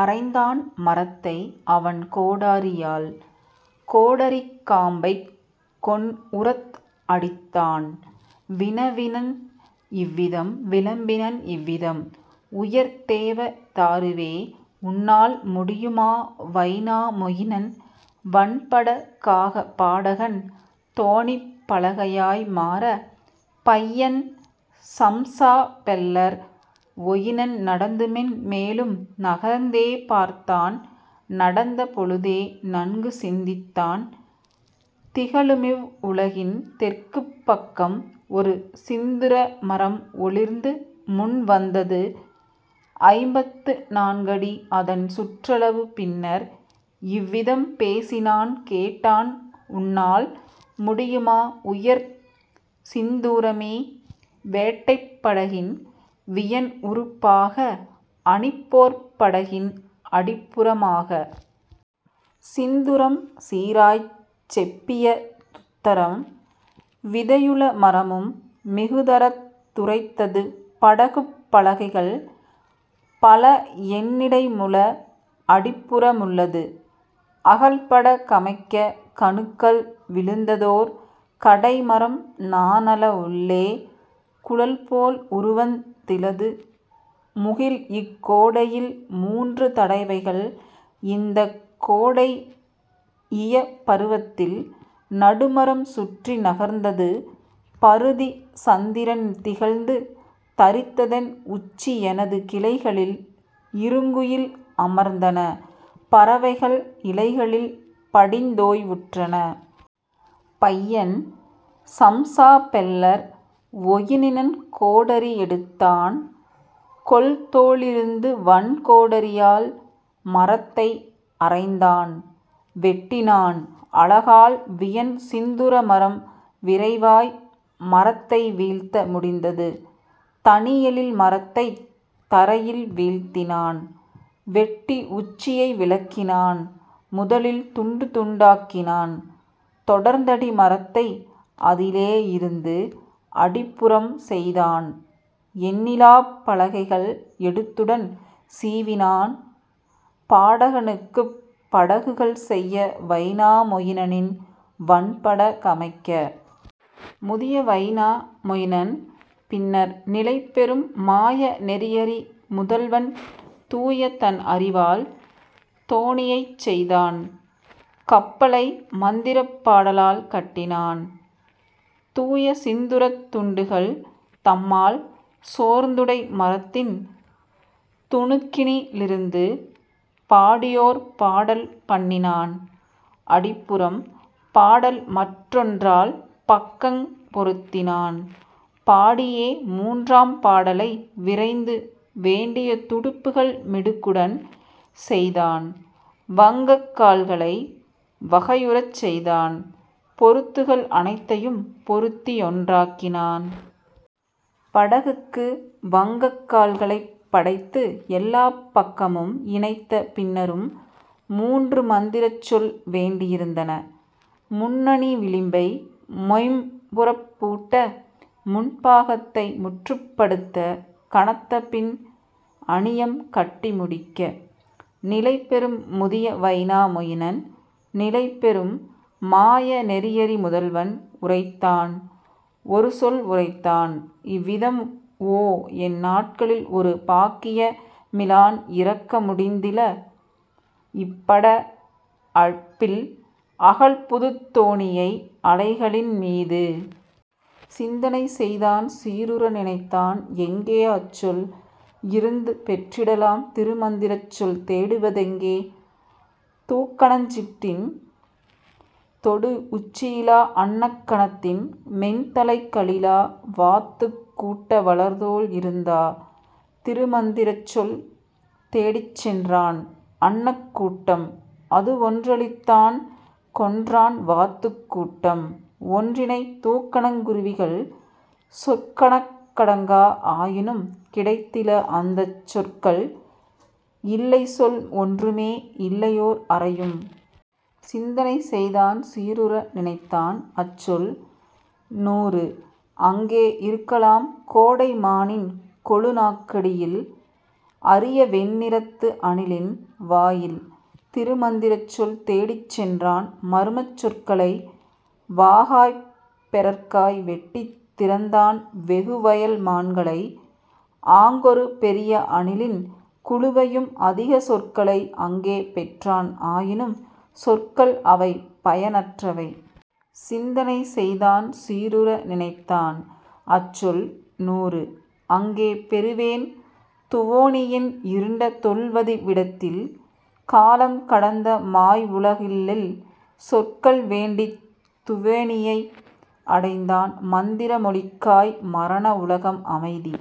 அறைந்தான் மரத்தை அவன்கோடரியால் கோடரிக் காம்பைக் கொண்உரத் அடித்தான் வினவினன் இவ்விதம் விளம்பினன் இவ்விதம் உயர்தேவ தாருவே உன்னால் முடியுமா வைனா மொயினன் வன்பட காக பாடகன் தோணிப் பலகையாய் மாற? பையன் சம்ஸா பெல்லர் வொயினன் நடந்துமென் மேலும் நகர்ந்தே பார்த்தான் நடந்த பொழுதே நன்குசிந்தித்தான் திகழுமிவ் உலகின் தெற்குப் பக்கம் ஒருசிந்துரமரம் ஒளிர்ந்துமுன் வந்தது ஐம்பத்து நான்கடி அதன்சுற்றளவு பின்னர் இவ்விதம் பேசினான் கேட்டான் உன்னால் முடியுமா உயர்சிந்தூரமே வேட்டைப் படகின் வியன்உறுப்பாக அணிபோர்ப் படகின் அடிப்புறமாக? சிந்துரம் சீராய்ச் செப்பிய துத்தரம் விதையுள மரமும் மிகுதரத் துரைத்தது படகுப் பலகைகள் பலஎன்னிடைமுள அடிப்புற முள்ளது அகல்பட கமைக்க கணுக்கள் விழுந்ததோர் கடைமரம் நானல உள்ளே குழல்போல் உருவந் திலது முகிழ்இக் கோடையில் மூன்று தடவைகள் இந்தக் கோடை இயைபருவத்தில் நடுமரம் சுற்றி நகர்ந்தது பருதி சந்திரன் திகழ்ந்து தரித்ததென் உச்சி எனது கிளைகளில் இருங்குயில் அமர்ந்தன பறவைகள் இலைகளில் படிந்தோய்வுற்றன. பையன் சம்ஸா பெல்லர் வொயினன் கோடரி எடுத்தான் கொள்தோளிருந்து வன்கோடரியால் மரத்தை அறைந்தான் வெட்டினான் அலகால் வியன்சிந்துரமரம் விரைவாய் மரத்தை வீழ்த்த முடிந்தது தனியெழில் மரத்தைத் தரையில் வீழ்த்தினான். வெட்டி உச்சியை விலக்கினான் முதலில் துண்டுதுண்டாக்கினான் தொடர்ந்தடி மரத்தை அதிலே யிருந்து அடிப்புறம் செய்தான் எண்ணிலாப் பலகைகள் எடுத்துடன் சீவினான் பாடகனுக்குப் படகுகள் செய்ய வைனா மொயினனின் வன்பட கமைக்க. முதிய வைனா மொயினன் பின்னர் நிலைபெறும் மாய நெறியறி முதல்வன் தூயதன் அறிவால் தோணியைச் செய்தான் கப்பலை மந்திரப் பாடலால் கட்டினான் தூயசிந்துரத் துண்டுகள் தம்மால் சோர்ந்துடை மரத்தின் துணுக்கினிலிருந்து. பாடிஓர் பாடல் பண்ணினான் அடிப்புறம் பாடல்மற் றொன்றால் பக்கங் பொருத்தினான் பாடியே மூன்றாம் பாடலை விரைந்து வேண்டிய துடுப்புகள் மிடுக்குடன் செய்தான் வங்கக் கால்களை வகையுறச் செய்தான் பொருத்துகள் அனைத்தையும் பொருத்தியொன்றாக்கினான். படகுக்கு வங்கக் கால்களைப் படைத்து எல்லாப் பக்கமும் இணைத்த பின்னரும் மூன்றுமந்திரச்சொல் வேண்டியிருந்தன முன்னணி விளிம்பை மொய்ம்புறப் பூட்ட முன்பாகத்தை முற்றுப்படுத்த கனத்தபின் அணியம் கட்டி முடிக்க. நிலைபெறும் முதிய வைனா மொயினன் நிலைபெறும் மாய நெறியறி முதல்வன் உரைத்தான் ஒருசொல் உரைத்தான் இவ்விதம் ஓ என் நாட்களில் ஒருபாக்கியமிலான் இறக்க முடிந்தில இப்பட அப்பில் அகல்புதுத் தோணியை அலைகளின் மீது. சிந்தனை செய்தான் சீருற நினைத்தான் எங்கே அச்சொல் இருந்துபெற்றிடலாம் திருமந்திரச்சொல் தேடுவதெங்கே தூக்கணஞ் சிட்டின் தொடுஉச்சியிலா அன்னக் கணத்தின் மென்தலை களிலா வாத்துக் கூட்ட வளர்தோள் இருந்தா? திருமந்திரச்சொல் தேடிச் சென்றான் அன்னக் கூட்டம் அதுவொன்றழித்தான் கொன்றான் வாத்துக் கூட்டம் ஒன்றினை தூக்கணங் குருவிகள் சொற்கணக்கடங்கா ஆயினும் கிடைத்தில அந்தச் சொற்கள் இல்லைசொல் ஒன்றுமே இல்லைஓர் அரையும். சிந்தனை செய்தான் சீருற நினைத்தான் அச்சொல் நூறு அங்கே இருக்கலாம் கோடை மானின் கொழுநாக்கடியில் அரியவெண்ணிறத்து அணிலின் வாயில். திருமந்திரச்சொல் தேடிச் சென்றான் மர்மச் சொற்களை வாகாய்ப் பெறற்காய் வெட்டித் திறந்தான் வெகுவயல் மான்களை ஆங்கொரு பெரிய அணிலின் குழுவையும் அதிக சொற்களை அங்கே பெற்றான் ஆயினும் சொற்கள் அவைபயனற்றவை. சிந்தனை செய்தான் சீருற நினைத்தான் அச்சொல் நூறு அங்கே பெறுவேன் துவோனியின் இருண்ட தொல்வதி விடத்தில் காலம்கடந்த மாய்வுலகில்லில். சொற்கள் வேண்டித் துவோனியை அடைந்தான் மந்திர மொழிக்காய் மரண உலகம் அமைதி